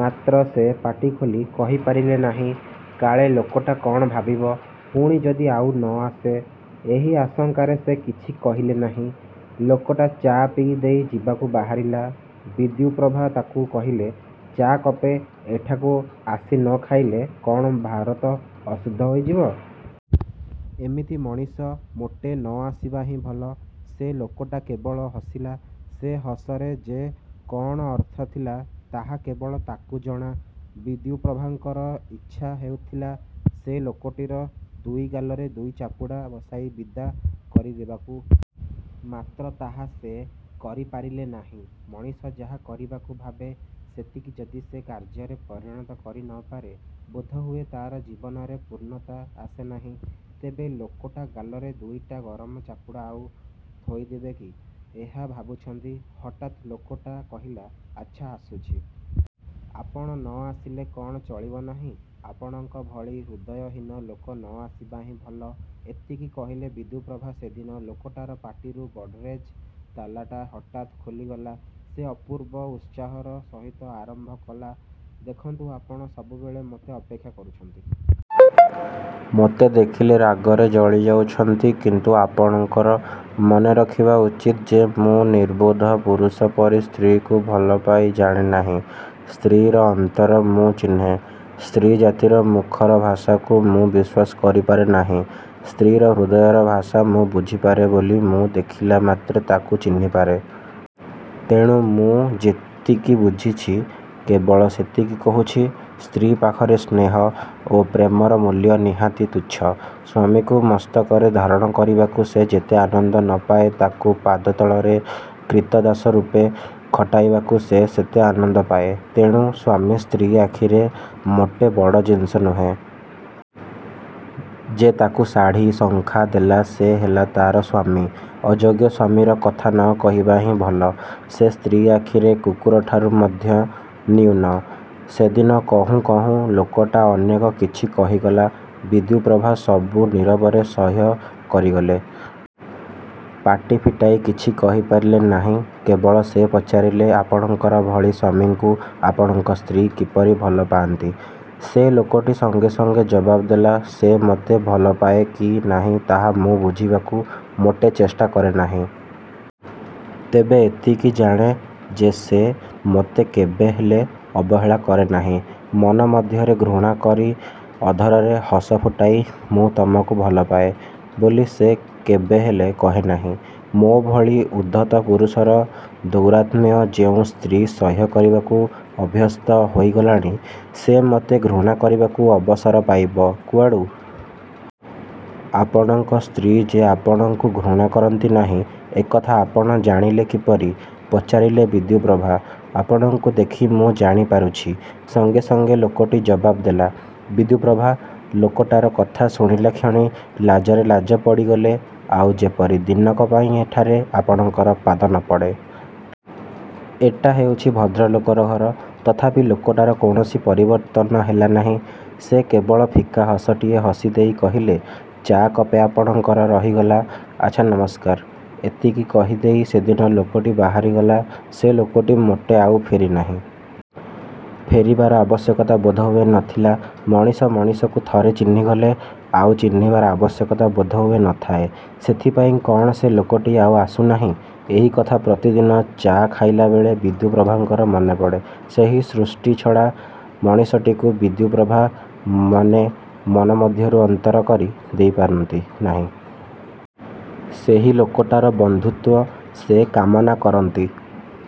ମାତ୍ର ସେ ପାଟି ଖୋଲି କହିପାରିଲେ ନାହିଁ। କାଳେ ଲୋକଟା କ'ଣ ଭାବିବ? ପୁଣି ଯଦି ଆଉ ନ ଆସେ? ଏହି ଆଶଙ୍କାରେ ସେ କିଛି କହିଲେ ନାହିଁ। ଲୋକଟା ଚା' ପିଇଦେଇ ଯିବାକୁ ବାହାରିଲା। ବିଦ୍ୟୁପ୍ରଭା ତାକୁ କହିଲେ, ''ଚା କପେ ଏଠାକୁ ଆସି ନ ଖାଇଲେ କ'ଣ ଭାରତ ଅଶୁଦ୍ଧ ହୋଇଯିବ? ଏମିତି ମଣିଷ ମୋଟେ ନ ଆସିବା ହିଁ ଭଲ। '' ସେ ଲୋକଟା କେବଳ ହସିଲା। ସେ ହସରେ ଯେ କ'ଣ ଅର୍ଥଥିଲା ତାହା କେବଳ ତାକୁ ଜଣା। ବିଦ୍ୟୁପ୍ରଭାଙ୍କର ଇଚ୍ଛା ହେଉଥିଲା ସେ ଲୋକଟିର ଦୁଇ ଗାଲରେ ଦୁଇ ଚାପୁଡ଼ା ବସାଇ ବିଦା କରିଦେବାକୁ। ମାତ୍ର ତାହା ସେ କରିପାରିଲେ ନାହିଁ। ମଣିଷ ଯାହା କରିବାକୁ ଭାବେ ସେତିକି ଯଦି ସେ କାର୍ଯ୍ୟରେ ପରିଣତ କରିନପାରେ ବୋଧହୁଏ ତା'ର ଜୀବନରେ ପୂର୍ଣ୍ଣତା ଆସେ ନାହିଁ। ତେବେ ଲୋକଟା ଗାଲରେ ଦୁଇଟା ଗରମ ଚାପୁଡ଼ା ଆଉ ଥୋଇଦେବ କି? ଏହା ଭାବୁଛନ୍ତି ହଠାତ୍ ଲୋକଟା କହିଲା ''ଆଚ୍ଛା ଆସୁଛି। '' ''ଆପଣ ନ ଆସିଲେ କ'ଣ ଚଳିବ ନାହିଁ? ଆପଣଙ୍କ ଭଳି ହୃଦୟହୀନ ଲୋକ ନ ଆସିବା ହିଁ ଭଲ। '' ଏତିକି କହିଲେ ବିଦ୍ୟୁପ୍ରଭା। ସେଦିନ ଲୋକଟାର ପାଟିରୁ ଗଡ଼ରେଜ୍ ତାଲାଟା ହଠାତ୍ ଖୋଲିଗଲା। ସେ ଅପୂର୍ବ ଉତ୍ସାହର ସହିତ ଆରମ୍ଭ କଲା, ''ଦେଖନ୍ତୁ ଆପଣ ସବୁବେଳେ ମୋତେ ଅପେକ୍ଷା କରୁଛନ୍ତି। ମୋତେ ଦେଖିଲେ ରାଗରେ ଜଳିଯାଉଛନ୍ତି। କିନ୍ତୁ ଆପଣଙ୍କର। ମନେରଖିବା ଉଚିତ ଯେ ମୁଁ ନିର୍ବୋଧ ପୁରୁଷ ପରି ସ୍ତ୍ରୀକୁ ଭଲପାଇ ଜାଣେନାହିଁ। ସ୍ତ୍ରୀର ଅନ୍ତର ମୁଁ ଚିହ୍ନେ। ସ୍ତ୍ରୀ ଜାତିର ମୁଖର ଭାଷାକୁ ମୁଁ ବିଶ୍ୱାସ କରିପାରେ ନାହିଁ। ସ୍ତ୍ରୀର ହୃଦୟର ଭାଷା ମୁଁ ବୁଝିପାରେ ବୋଲି ମୁଁ ଦେଖିଲା ମାତ୍ରେ ତାକୁ ଚିହ୍ନିପାରେ। ତେଣୁ ମୁଁ ଯେତିକି ବୁଝିଛି କେବଳ ସେତିକି କହୁଛି। ସ୍ତ୍ରୀ ପାଖରେ ସ୍ନେହ ଓ ପ୍ରେମର ମୂଲ୍ୟ ନିହାତି ତୁଚ୍ଛ। ସ୍ୱାମୀକୁ ମସ୍ତକରେ ଧାରଣ କରିବାକୁ ସେ ଯେତେ ଆନନ୍ଦ ନ ପାଏ ତାକୁ ପଦତଳରେ କ୍ରୀତଦାସରୂପେ ଖଟାଇବାକୁ ସେ ସେତେ ଆନନ୍ଦ ପାଏ। ଏଣୁ ସ୍ୱାମୀ ସ୍ତ୍ରୀ ଆଖିରେ ମୋଟେ ବଡ଼ ଜିନିଷ ନୁହେଁ। ଯେ ତାକୁ ଶାଢ଼ି, ଶଙ୍ଖା ଦେଲା ସେ ହେଲା ତା'ର ସ୍ୱାମୀ। ଅଯୋଗ୍ୟ ସ୍ୱାମୀର କଥା ନ କହିବା ହିଁ ଭଲ, ସେ ସ୍ତ୍ରୀ ଆଖିରେ କୁକୁରଠାରୁ ମଧ୍ୟ ନ୍ୟୁନ। '' ସେଦିନ କହୁଁ କହୁଁ ଲୋକଟା ଅନେକ କିଛି କହିଗଲା। ବିଦ୍ୟୁପ୍ରଭା ସବୁ ନିରବରେ ସହ୍ୟ କରିଗଲେ। ପାଟି ଫିଟାଇ କିଛି କହିପାରିଲେ ନାହିଁ। କେବଳ ସେ ପଚାରିଲେ, ''ଆପଣଙ୍କ ଭଳି ସ୍ୱାମୀଙ୍କୁ ଆପଣଙ୍କ ସ୍ତ୍ରୀ କିପରି ଭଲପାଆନ୍ତି? '' ସେ ଲୋକଟି ସଙ୍ଗେ ସଙ୍ଗେ ଜବାବ୍ ଦେଲା, ''ସେ ମୋତେ ଭଲପାଏ କି ନାହିଁ ତାହା ମୁଁ ବୁଝିବାକୁ ମୋଟେ ଚେଷ୍ଟା କରେନାହିଁ। ତେବେ ଏତିକି ଜାଣେ ଯେ ସେ ମୋତେ କେବେହେଲେ ଅବହେଳା କରେନାହିଁ। ମନ ମଧ୍ୟରେ ଘୃଣାକରି ଅଧରରେ ହସଫୁଟାଇ 'ମୁଁ ତୁମକୁ ଭଲପାଏ' ବୋଲି ସେ କେବେହେଲେ କହେନାହିଁ। ମୋ ଭଳି ଉଦ୍ଧତ ପୁରୁଷର ଦୌରାତ୍ମ୍ୟ ଯେଉଁ ସ୍ତ୍ରୀ ସହ୍ୟ କରିବାକୁ ଅଭ୍ୟସ୍ତ ହୋଇଗଲାଣି ସେ ମୋତେ ଘୃଣା କରିବାକୁ ଅବସର ପାଇବ କୁଆଡ଼ୁ-? '' ''ଆପଣଙ୍କ ସ୍ତ୍ରୀ ଯେ ଆପଣଙ୍କୁ ଘୃଣାକରନ୍ତି ନାହିଁ ଏକଥା ଆପଣ ଜାଣିଲେ କିପରି? '' ପଚାରିଲେ ବିଦ୍ୟୁପ୍ରଭା। ''ଆପଣଙ୍କୁ ଦେଖି ମୁଁ ଜାଣି ପାରୁଛି। '' ସଙ୍ଗେ ସଙ୍ଗେ ଲୋକଟି ଜବାବ୍ ଦେଲା। ବିଦ୍ୟୁପ୍ରଭା ଲୋକଟାର କଥା ଶୁଣିଲାକ୍ଷଣି ଲାଜରେ ଲାଲ ପଡ଼ିଗଲେ। ଆଉ ଯେପରି ଦିନକ ପାଇଁ ଏଠାରେ ଆପଣଙ୍କର ପାଦନପଡ଼େ। ଏଟା ହେଉଛି ଭଦ୍ରଲୋକର ଘର। '' ତଥାପି ଲୋକଟାର କୌଣସି ପରିବର୍ତ୍ତନ ହେଲାନାହିଁ। ସେ କେବଳ ଫିକା ହସଟିଏ ହସି ଦେଇ କହିଲେ, ''ଚା କପେ ଆପଣଙ୍କର ରହିଗଲା। ଆଚ୍ଛା ନମସ୍କାର। '' ଏତିକି କହିଦେଇ ସେଦିନ ଲୋକଟି ବାହାରିଗଲା। ସେ ଲୋକଟି ମୋଟେ ଆଉ ଫେରିନାହିଁ। ଫେରିବାର ଆବଶ୍ୟକତା ବୋଧହୁଏ ନ ଥିଲା। ମଣିଷ ମଣିଷକୁ ଥରେ ଚିହ୍ନିଗଲେ ଆଉ ଚିହ୍ନିବାର ଆବଶ୍ୟକତା ବୋଧହୁଏ ନଥାଏ। ସେଥିପାଇଁ କ'ଣ ସେ ଲୋକଟି ଆଉ ଆସୁନାହିଁ? ଏହି କଥା ପ୍ରତିଦିନ ଚା' ଖାଇଲାବେଳେ ବିଦ୍ୟୁପ୍ରଭାଙ୍କର ମନେପଡ଼େ। ସେହି ସୃଷ୍ଟିଛଡ଼ା ମଣିଷଟିକୁ ବିଦ୍ୟୁପ୍ରଭା ମୋଟେ ମନ ମଧ୍ୟରୁ ଅନ୍ତର କରି ଦେଇପାରନ୍ତି ନାହିଁ। ସେହି ଲୋକଟାର ବନ୍ଧୁତ୍ୱ ସେ କାମନା କରନ୍ତି।